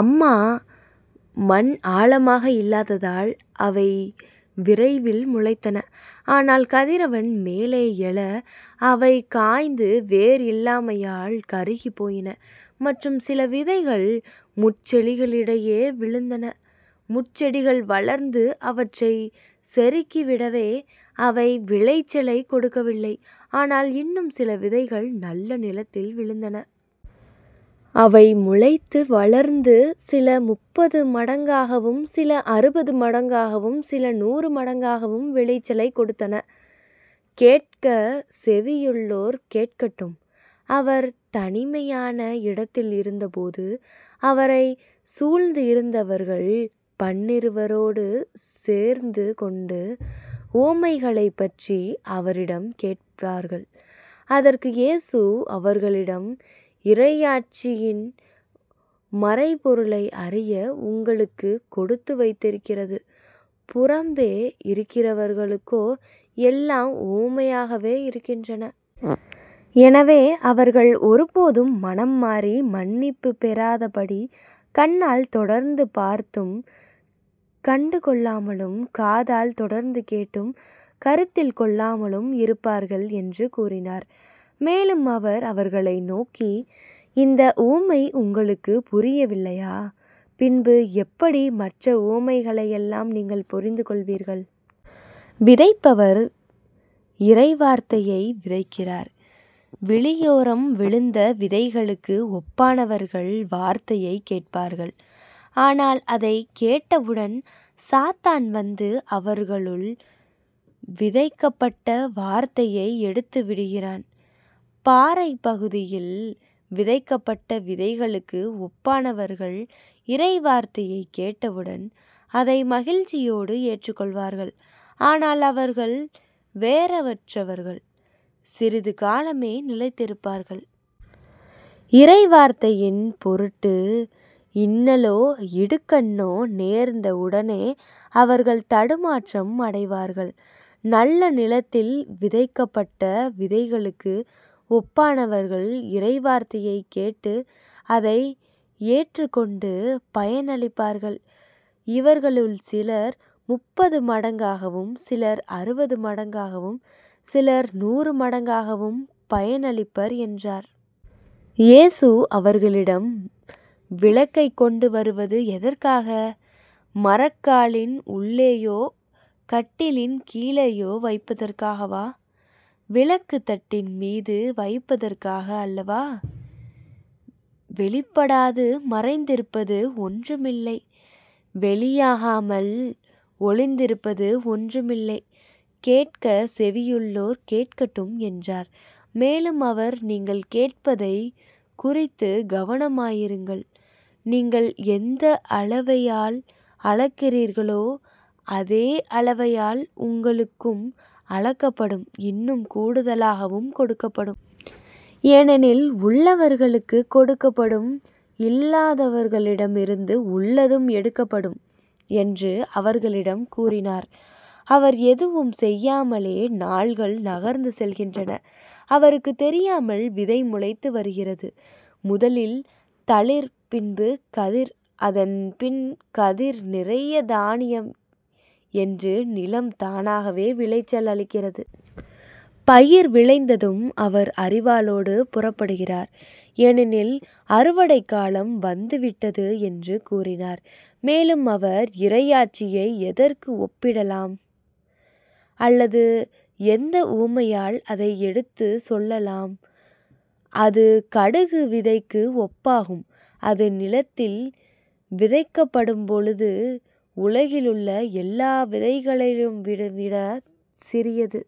அங்கே மண் ஆழமாக இல்லாததால் அவை விரைவில் முளைத்தன. ஆனால் கதிரவன் மேலே எழ அவை காய்ந்து வேர் இல்லாமையால் கருகிப் போயின. மற்றும் சில விதைகள் முட்செடிகளிடையே விழுந்தன. முட்செடிகள் வளர்ந்து அவற்றை நெருக்கிவிடவே அவை விளைச்சலைக் கொடுக்கவில்லை. ஆனால் இன்னும் சில விதைகள் நல்ல நிலத்தில் விழுந்தன. அவை முளைத்து வளர்ந்து சில முப்பது மடங்காகவும் சில அறுபது மடங்காகவும் சில நூறு மடங்காகவும் விளைச்சலைக் கொடுத்தன. கேட்கச் செவியுள்ளோர் கேட்கட்டும். அவர் தனிமையான இடத்தில் இருந்தபோது அவரைச் சூழ்ந்து இருந்தவர்கள் பன்னிருவரோடு சேர்ந்து கொண்டு உவமைகளைப்பற்றி அவரிடம் கேட்டார்கள். அதற்கு இயேசு அவர்களிடம் இறையாட்சியின் மறைபொருளை அறிய உங்களுக்குக் கொடுத்து வைத்திருக்கிறது புறம்பே இருக்கிறவர்களுக்கோ எல்லாம் உவமைகளாகவே இருக்கின்றன. எனவே அவர்கள் ஒருபோதும் மனம் மாறி மன்னிப்புப் பெறாதபடி கண்ணால் தொடர்ந்து பார்த்தும் கண்டுகொள்ளாமலும் காதால் தொடர்ந்து கேட்டும் கருத்தில் கொள்ளாமலும் இருப்பார்கள் என்று கூறினார். மேலும் அவர் அவர்களை நோக்கி இந்த உவமை உங்களுக்குப் புரியவில்லையா? பின்பு எப்படி மற்ற உவமைகளையெல்லாம் நீங்கள் புரிந்துகொள்வீர்கள்? விதைப்பவர் இறைவார்த்தையை விதைக்கிறார். வழியோரம் விழுந்த விதைகளுக்கு ஒப்பானவர்கள் வார்த்தையைக் கேட்பார்கள். ஆனால் அதைக் கேட்டவுடன் சாத்தான் வந்து அவர்களுள் விதைக்கப்பட்ட வார்த்தையை எடுத்துவிடுகிறான். பாறைப் பகுதியில் விதைக்கப்பட்ட விதைகளுக்கு ஒப்பானவர்கள் இறைவார்த்தையைக் கேட்டவுடன் அதை மகிழ்ச்சியோடு ஏற்றுக் கொள்வார்கள். ஆனால் அவர்கள் வேரற்றவர்கள் சிறிது காலமே நிலைத்திருப்பவர்கள். இறைவார்த்தையின் பொருட்டு இன்னலோ இடுக்கண்ணோ நேர்ந்த உடனே அவர்கள் தடுமாற்றம் அடைவார்கள். நல்ல நிலத்தில் விதைக்கப்பட்ட விதைகளுக்கு ஒப்பானவர்கள் இறைவார்த்தையைக் கேட்டு அதை ஏற்றுக் கொண்டு பயன் அளிப்பார்கள். இவர்களுள் சிலர் முப்பது மடங்காகவும் சிலர் அறுபது மடங்காகவும் சிலர் நூறு மடங்காகவும் பயன் அளிப்பர் என்றார். இயேசு அவர்களிடம் விளக்கைக் கொண்டு வருவது எதற்காக? மரக்காலின் உள்ளேயோ கட்டிலின் கீழேயோ வைப்பதற்காகவா? விளக்குத் தண்டின் மீது வைப்பதற்காக அல்லவா? வெளிப்படாது மறைந்திருப்பது ஒன்றுமில்லை. வெளியாகாமல் ஒளிந்திருப்பது ஒன்றுமில்லை. கேட்கச் செவியுள்ளோர் கேட்கட்டும் என்றார். மேலும் அவர் நீங்கள் கேட்பதைக் குறித்துக் கவனமாயிருங்கள். நீங்கள் எந்த அளவையால் அளக்கிறீர்களோ அதே அளவையால் உங்களுக்கும் அளக்கப்படும் இன்னும் கூடுதலாகவும் கொடுக்கப்படும். ஏனெனில், உள்ளவருக்குக் கொடுக்கப்படும் இல்லாதவரிடமிருந்து உள்ளதும் எடுக்கப்படும் என்று அவர்களிடம் கூறினார். அவர் எதுவும் செய்யாமலே நாள்கள் நகர்ந்து செல்கின்றன. அவருக்குத் தெரியாமல் விதை முளைத்து வளருகிறது. முதலில் தளிர் பின்பு கதிர் அதன் பின் கதிர் நிறைய தானியம் என்று நிலம் தானாகவே விளைச்சல் அளிக்கிறது. பயிர் விளைந்ததும் அவர் அரிவாளோடு புறப்படுகிறார் ஏனெனில் அறுவடைக் காலம் வந்துவிட்டது என்று கூறினார். மேலும் அவர் இறையாட்சியை எதற்கு ஒப்பிடலாம்? அல்லது எந்த உவமையால் அதை எடுத்துச் சொல்லலாம்? அது கடுகு விதைக்கு ஒப்பாகும். அது நிலத்தில் விதைக்கப்படும்பொழுது உலகிலுள்ள எல்லா விதைகளையும்விடச் சிறியது.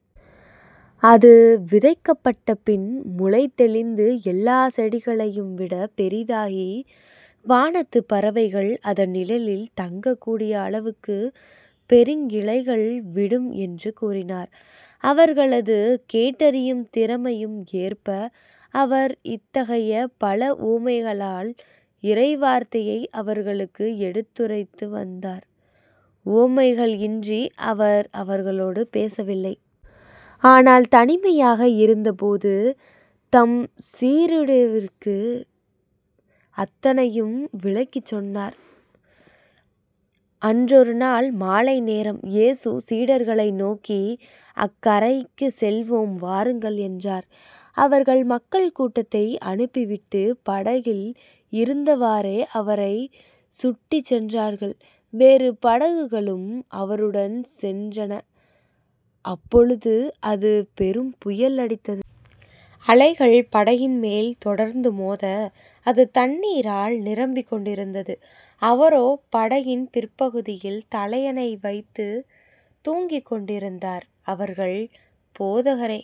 அது விதைக்கப்பட்டபின் முளைத்தெழுந்து எல்லாச் செடிகளையும் விடப் பெரிதாகி வானத்துப் பறவைகள் அதன் நிழலில் தங்கக் கூடிய அளவுக்குப் பெருங்கிளைகள் விடும் என்று கூறினார். அவர்களது கேட்டறியும் திறமைக்கு ஏற்ப அவர் இத்தகைய பல உவமைகளால் இறைவார்த்தையை அவர்களுக்கு எடுத்துரைத்து வந்தார். உவமைகள் இன்றி அவர் அவர்களோடு பேசவில்லை. ஆனால் தனிமையாக இருந்தபோது தம் சீடருக்கு அனைத்தையும் விளக்கிச் சொன்னார். அன்றொரு நாள் மாலை நேரம். இயேசு சீடர்களை நோக்கி அக்கரைக்குச் செல்வோம் வாருங்கள் என்றார். அவர்கள் மக்கள் கூட்டத்தை அனுப்பிவிட்டு படகில் இருந்தவாறே அவரைக் கூட்டிச் சென்றார்கள். வேறு படகுகளும் அவருடன் சென்றன. அப்பொழுது ஒரு பெரும் புயல் அடித்தது. அலைகள் படகின் மேல் தொடர்ந்து மோத, அது தண்ணீரால் நிரம்பிக் கொண்டிருந்தது. அவரோ படகின் பிற்பகுதியில் தலையணை வைத்துத் தூங்கிக்கொண்டிருந்தார். அவர்கள் போதகரே